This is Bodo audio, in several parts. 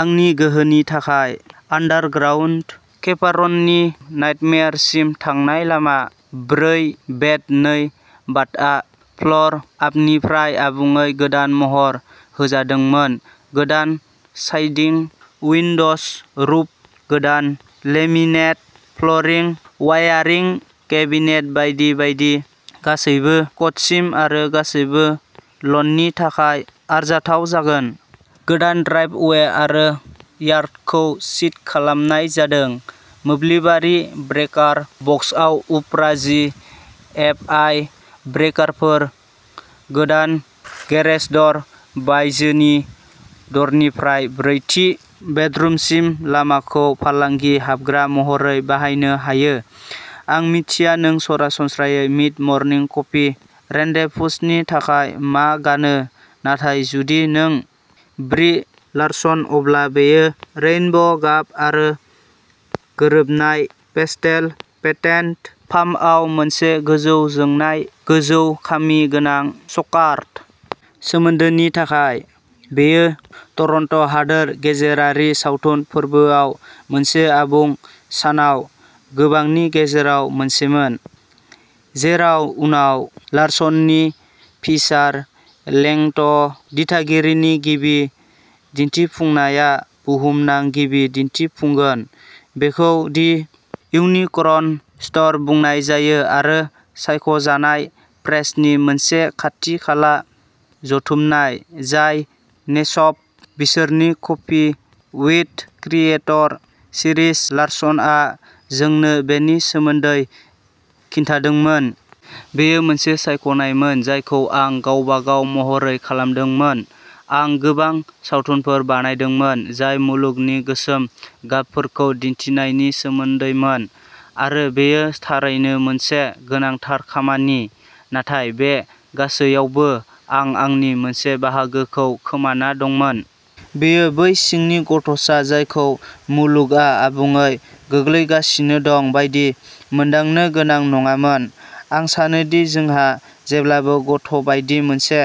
आंनि गोहोनि थाखाय। आन्डारग्राउन्ड केभार्ननि नाइटमेयारसिम थांनाय लामा। ब्रै बेड नै बाथआ फ्लर आपनिफ्राय आबुङै गोदान महर होजादोंमोन। गोदान साइदिं, उइन्ड'ज, रुफ, गोदान लेमिनेट फ्लरिं, वायारिं, केबिनेट बायदि बायदि। गासैबो क'डसिम आरो गासैबो ल'ननि थाखाय आरजाथाव जागोन। गोदान ड्राइभ वे आरो यार्डखौ सीद खालामनाय जादों। मोब्लिबारि ब्रेकार बक्सआव उफ्रा जि एप आइ ब्रेकारफोर। गोदान गेरेज द'र। बायजोनि द'रनिफ्राय ब्रैथि बेडरुमसिम लामाखौ फालांगि हाबग्रा महरै बाहायनो हायो। आं मिथिया नों सरासनस्रायै मिड-मर्निं कफि रेन्डेभुसनि थाखाय मा गानो, नाथाय जुदि नों ब्रि लार्सन, अब्ला बेयो रेइनब'गाब आरो गोरोबनाय पेस्टेल पेटेन्ट पाम्पआव मोनसे गोजौ-जोंनाय, गोजौ-खामि गोनां स्कार्ट। सोमोन्दोनि थाखाय, बेयो टरन्ट'हादोर गेजेरारि सावथुन फोरबोआव मोनसे आबुं सानाव गोबांनि गेजेराव मोनसेमोन, जेराव उनाव लार्सननि फिसार लेंथ दिथागिरिनि गिबि दिन्थिफुंनाया बुहुमनां गिबि दिन्थिफुंगोन। बेखौ दि इउनिकर्न स्ट'र बुंनाय जायो आरो सायख'जानाय प्रेसनि मोनसे खाथि-खाला जथुमनाय, जाय नेस्प बिसोरनि कफि विद क्रिएटर सिरिज, लारसन आ जोंनो बेनि सोमोन्दै खिन्थादोंमोन। "बेयो मोनसे सायख'नायमोन जायखौ आं गावबागाव महरै खालामदोंमोन। आं गोबां सावथुनफोर बानायदोंमोन जाय मुलुगनि गोसोम गाबफोरखौ दिन्थिनायनि सोमोन्दैमोन आरो बेयो थारैनो मोनसे गोनांथार खामानि, नाथाय बे गासैयावबो आं आंनि मोनसे बाहागोखौ खोमाना दंमोन। बेयो बै सिंनि गथ'सा जायखौ मुलुगआ आबुङै गोग्लैगासिनो दं बायदि मोनदांनो गोनां नङामोन। आं सानोदि जोंहा जेब्लाबो गथ'बायदि मोनसे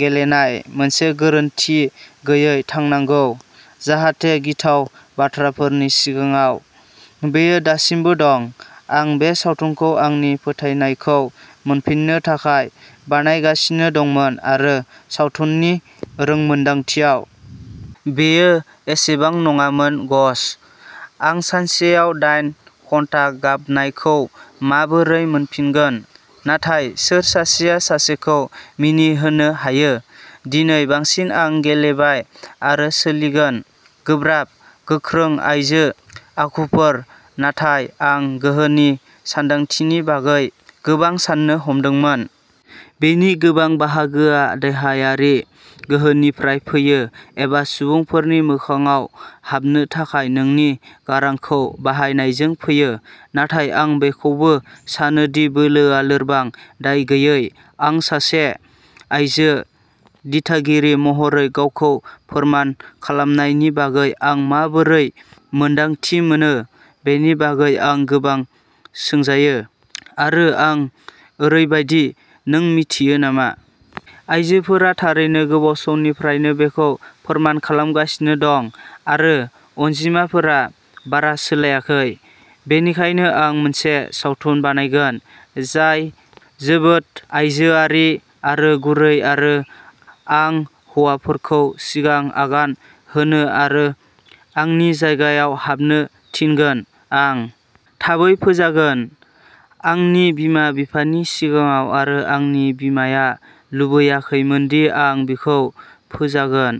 गेलेनाय, मोनसे गोरोनथि गैयै थानांगौ, जाहाथे गिथाव बाथ्राफोरनि सिगाङाव, बेयो दासिमबो दं। आं बे सावथुनखौ आंनि फोथायनायखौ मोनफिननो थाखाय बानायगासिनो दंमोन आरो सावथुननि रोंमोनदांथियाव। बेयो एसेबां नङामोन गश, आं सानसेयाव दाइन घन्टा गाबनायखौ माबोरै मोनफिनगोन? नाथाय सोर सासेया सासेखौ मिनिहोनो हायो? दिनै बांसिन आं गेलेबाय आरो सोलिगोन, गोब्राब, गोख्रों आइजो आखुफोर नाथाय आं गोहोनि सानदांथिनि बागै गोबां साननो हमदोंमोन। बेनि गोबां बाहागोआ देहायारि गोहोनिफ्राय फैयो एबा सुबुंफोरनि मोखांआव हाबनो थाखाय नोंनि गारांखौ बाहायनायजों फैयो, नाथाय आं बेखौबो सानो दि बोलोआ लोरबां, दायगैयै। आं सासे आइजो दिथागिरि महरै गावखौ फोरमान खालामनायनि बागै आं माबोरै मोन्दांथि मोनो बेनि बागै आं गोबां सोंजायो, आरो आं ओरैबादि, नों मिन्थियो नामा? आइजोफोरा थारैनो गोबाव समनिफ्रायनो बेखौ फोरमान खालामगासिनो दं आरो अनजिमाफोरा बारा सोलायाखै। बेनिखायनो आं मोनसे सावथुन बानायगोन जाय जोबोद आइजोआरि आरो गुरै आरो आं हौवाफोरखौ सिगां आगान होनो आरो आंनि जायगायाव हाबनो थिनगोन। आं थाबै फोजागोन, आंनि बिमा-बिफानि सिगाङाव आरो आंनि बिमाया लुबैयाखैमोनदि आं बिखौ फोजागोन।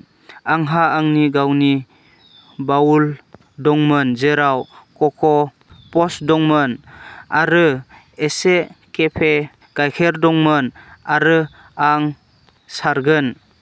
आंहा आंनि गावनि बाउल दंमोन जेराव क'क' पप्स दंमोन, आरो एसे केफे गायखेर दंमोन आरो आं सारगोन।